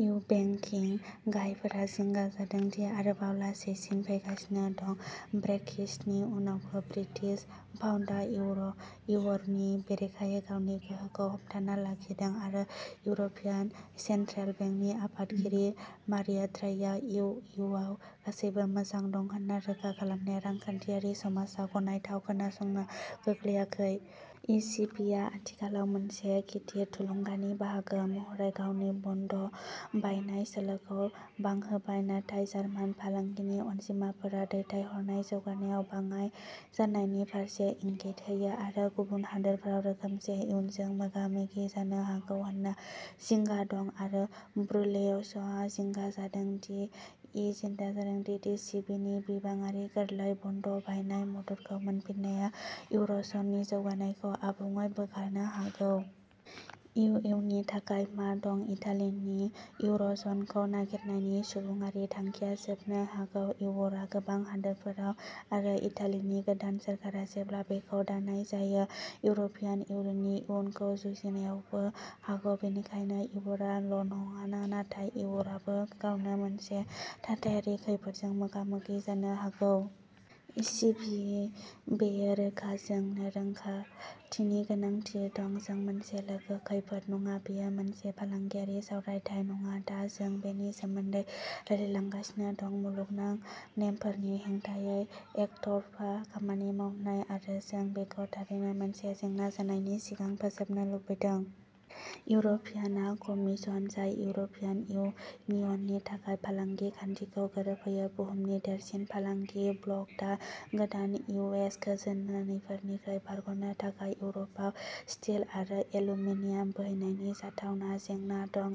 U बेंकिं गाहायफोरा जिंगा जादों दि आरोबाव लासैसिन फैगासिनो दं। ब्रेक्सिटनि उनावबो ब्रिटिश पाउन्दआ इउर'नि बेरेखायै गावनि गोहोखौ हमथाना लाखिदों आरो इउर'पियान सेन्ट्रेल बेंकनि आफादगिरि मारिय'द्राघिआ इउ इउ आव गासैबो मोजां दं होन्ना रोखा खालामनाया रांखान्थियारि समाजाव गनायथाव खोनासङाव गोग्लैयाखै। इ सि बि आ आथिखालाव मोनसे गिदिर थुलुंगानि बाहागो महरै गावनि बन्ड बायनाय सोलोखौ बांहोबाय। नाथाय जार्मान फालांगिनि अनजिमाफोरा दैथायहरनाय जौगानायाव बाङाइ जानायनि फारसे इंगित होयो आरो गुबुन हादोरफोरा रोखोमसे इयुनजों मोगा मोगि जानो हागौ होनना जिंगा दं आरो ब्रुसेल्सआ जिंगा जादों दि इ सि बि नि बिबांआरि गोरलै बन्ड बायनाय मददखौ मोनफिननाया इउरज'ननि जौगानायखौ आबुङै बोखारनो हागौ। इउ इउ नि थाखाय मा दं इटालिनि इउरज'नखौ नागारनायनि सुबुंआरि थांखिया जोबनो हागौ। इउर'आ गोबां हादोरफोराव आरो इटालिनि गोदान सोरखारा जेब्ला बेखौ दानाय जायो इउर'पियान इउनियननि इयुनखौ जुजिनायावबो हागौ। बेनिखायनो इउर'आ ल'नङा नाथाय इउर'आबो गावनो मोनसे थाथायारि खैफोदजों मोगा मोगि जानो हागौ। सि बि बेयो रोखा। जोंनो रोखाथिनि गोनांथि दं। जों मोनसे लोगो खैफोद नङा। बेयो मोनसे फालांगियारि सावरायथाय नङा। दा जों बेनि सोमोन्दै रायज्लांगासिनो दं। मुलुगनां नेमफोरनि हेंथायै एकतरफा खामानि मावनाय आरो जों बेखौ थारैनो मोनसे जेंना जानायनि सिगां फोजोबनो लुबैदों। इउर'पियान कमिसन जाय इउर'पियान इउनियननि थाखाय फालांगि खान्थिखौ गोरोबहोयो बुहुमनि देरसिन फालांगि ब्लक। दा गोदान इउएस खाजोनाफोरनिफ्राय बारगनो थाखाय इउर'पआव स्टिल आरो एल्युमिनियाम बोहैनायनि जाथावना जेंना दं।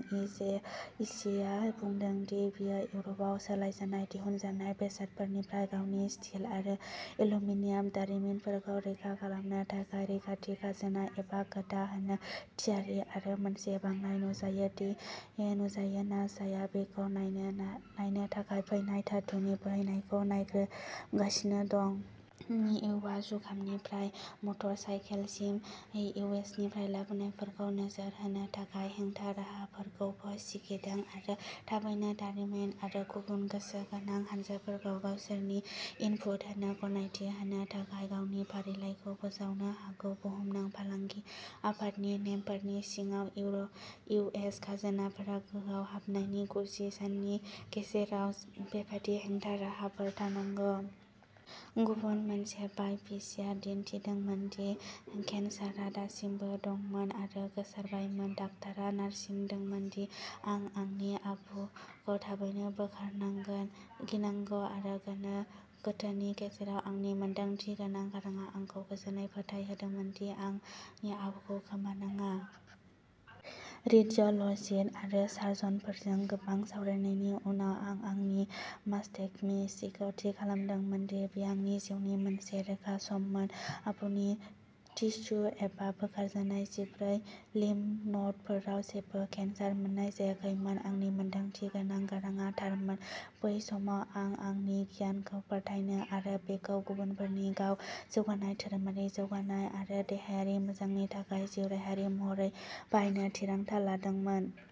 इसिआ बुंदों दि बियो इउर'पआव सोलायजानाय दिहुनजानाय बेसादफोरनिफ्राय गावनि स्टिल आरो एल्युमिनियाम दारिमिनफोरखौ रैखा खालामनो थाखाय रैखाथि खाजोना एबा कोटा होनो थियारि आरो मोनसे बांनाय नुजायो ना जाया बेखौ नायनो थाखाय फैनाय धातुनि बोहैनायखौ नायग्रोमगासिनो दं। इउआ जुखामनिफ्राय मटरसाइकेलसिम इउएसनिफ्राय लाबोनायफोरखौ नोजोर होनो थाखाय हेंथा-राहाफोरखौबो सिगिदों आरो थाबैनो दारिमिन आरो गुबुन गोसो गोनां हानजाफोरखौ गावसोरनि इनपुट होनो गनायथि होनो थाखाय गावनि फारिलाइखौ फोसावनो हागौ। बुहुमनां फालांगि आफादनि नेमफोरनि सिङाव इउएस खाजोनाफोरा गोहोआव हाबनायनि गुजि साननि गेजेराव बेबादि हेंथा राहाफोर थानांगौ। गुबुन मोनसे बाय'प्सीआ दिन्थिदोंमोन दि केन्सारआ दासिमबो दंमोन आरो गोसारबायमोन। डाक्टरा नारसिनदोंमोन दि आं आंनि आबुखौ थाबैनो बोखारनांगौ। गिनांगौ आरो गोनो गोथोनि गेजेराव आंनि मोनदांथि गोनां गारांआ आंखौ गोजोनै फोथायहोदोंमोन दि आं आंनि आबुखौ खोमानाङा। रेडिय'ल'जिस्ट आरो सार्जनफोरजों गोबां सावरायनायनि उनाव आं आंनि मास्टेक्ट'मीखौ थि खालामदोंमोन। बेयो आंनि जिउनि मोनसे रोखा सममोन। आबुनि टिस्यु एबा बोखारजानाय जिब्रै लिम्फ न'डफोराव जेबो केन्सार मोन्नाय जायाखैमोन। आंनि मोनदांथि गोनां गारांआ थारमोन बै समाव आं आंनि गियान खौ फोथायनो आरो बेखौ गुबुनफोरनि गाव जौगानाय धोरोमारि जौगानाय आरो देहायारि मोजांनि थाखाय जिउराहायारि महरै बाहायनो थिरांथा लादोंमोन।